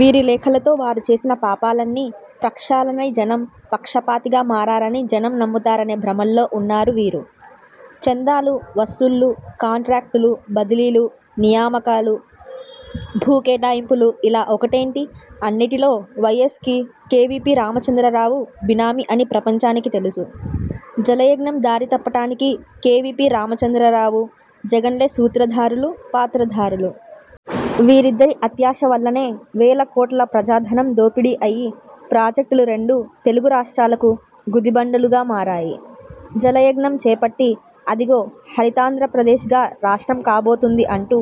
వీరి లేఖలతో వారు చేసిన పాపాలన్నీ ప్రక్షాళనై జనం పక్షపాతిగా మారారని జనం నమ్ముతారనే భ్రమల్లో వున్నారు వీరు. చందాలు, వసూళ్లు, కాంట్రాక్టులు, బదిలీలు, నియామకాలు, భూకేటాయింపులు ఇలా ఒకటేంటి అన్నిటిలో వైఎస్కి, కేవీపీ రామచంద్రరావు బినామీ అని ప్రపంచానికి తెలుసు. జలయజ్ఞం దారి తప్పటానికి కేవీపీ రామచంద్రరావు, జగన్లే సూత్రధారులు, పాత్రధారులు. వీరిద్దరి అత్యాశ వల్లనే వేలకోట్ల ప్రజాధనం దోపిడీ అయి ప్రాజెక్టులు రెండు తెలుగు రాష్ట్రాలకు గుదిబండలుగా మారాయి. జలయజ్ఞం చేపట్టి అదిగో హరితాంధ్రప్రదేశ్గా రాష్ట్రం కాబోతుంది అంటూ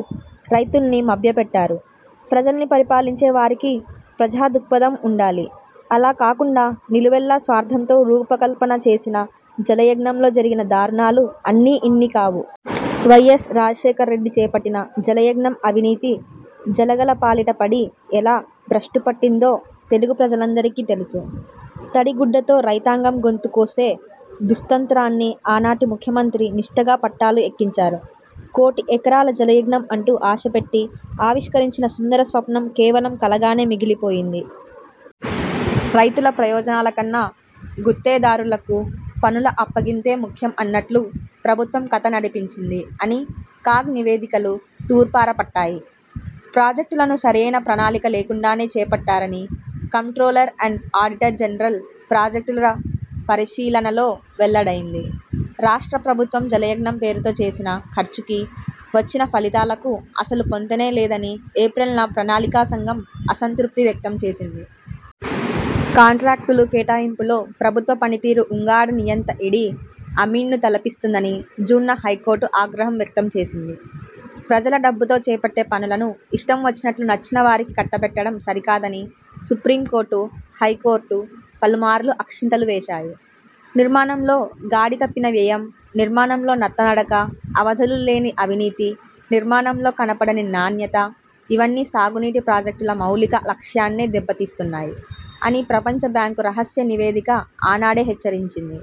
రైతుల్ని మభ్యపెట్టారు. ప్రజల్ని పరిపాలించే వారికి ప్రజా దృక్పథం వుండాలి. అలా కాకుండా నిలువెల్లా స్వార్థంతో రూపకల్పన చేసిన జలయజ్ఞంలో జరిగిన దారుణాలు అన్నీ ఇన్ని కావు. వైఎస్ రాజశేఖర్ రెడ్డి చేపట్టిన జలయజ్ఞం అవినీతి జలగలపాలిట పడి ఎలా భ్రష్టుపట్టిందో తెలుగు ప్రజలందరికీ తెలుసు. తడి గుడ్డతో రైతాంగం గొంతు కోసే దుస్తంత్రాన్ని ఆనాటి ముఖ్యమంత్రి నిష్టగా పట్టాలు ఎక్కించారు. కోటి ఎకరాల జలయజ్ఞం అంటూ ఆశపెట్టి ఆవిష్కరించిన సుందర స్వప్నం కేవలం కలగానే మిగిలిపోయింది. రైతుల ప్రయోజనాల కన్నా గుత్తేదారులకు పనుల అప్పగింతే ముఖ్యం అన్నట్లు ప్రభుత్వం కథ నడిపించింది అని కాగ్ నివేదికలు తూర్పార పట్టాయి. ప్రాజెక్టులను సరైన ప్రణాళిక లేకుండానే చేపట్టారని కంప్ర్టోలర్ అండ్ ఆడిటర్ జనరల్ ప్రాజెక్టుల పరిశీలనలో వెల్లడైంది. రాష్ట్ర ప్రభుత్వం జలయజ్ఞం పేరుతో చేసిన ఖర్చుకి, వచ్చిన ఫలితాలకు అసలు పొంతనే లేదని ఏప్రిల్ న ప్రణాళికా సంఘం అసంతృప్తి వ్యక్తంచేసింది. కాంట్రాక్టులు కేటాయింపులో ప్రభుత్వ పనితీరు ఉగాండా నియంత ఇడీ అమీన్ను తలపిస్తుందని జూన్ న హైకోర్టు ఆగ్రహం వ్యక్తం చేసింది. ప్రజల డబ్బుతో చేపట్టే పనులను ఇష్టం వచ్చినట్లు నచ్చినవారికి కట్టబెట్టడం సరికాదని సుప్రీంకోర్టు, హైకోర్టు పలుమార్లు అక్షింతలు వేశాయి. నిర్మాణంలో గాడి తప్పిన వ్యయం, నిర్మాణంలో నత్త నడక, అవధులు లేని అవినీతి, నిర్మాణంలో కనపడని నాణ్యత ఇవన్నీ సాగునీటి ప్రాజెక్టుల మౌలిక లక్ష్యాన్నే దెబ్బతీస్తున్నాయి అని ప్రపంచ బ్యాంకు రహస్య నివేదిక ఆనాడే హెచ్చరించింది.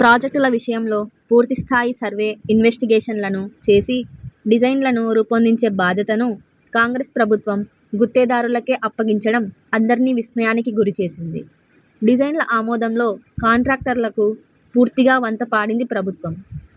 ప్రాజెక్టుల విషయంలో పూర్తిస్థాయి సర్వే ఇన్వెస్టిగేషన్లను చేసి డిజైన్లను రూపొందించే బాధ్యతను కాంగ్రెస్ ప్రభుత్వం గుత్తేదారులకే అప్పగించడం అందర్నీ విస్మయానికి గురిచేసింది. డిజైన్ల ఆమోదంలో కాంట్రాక్టర్లకు పూర్తిగా వంత పాడింది ప్రభుత్వం.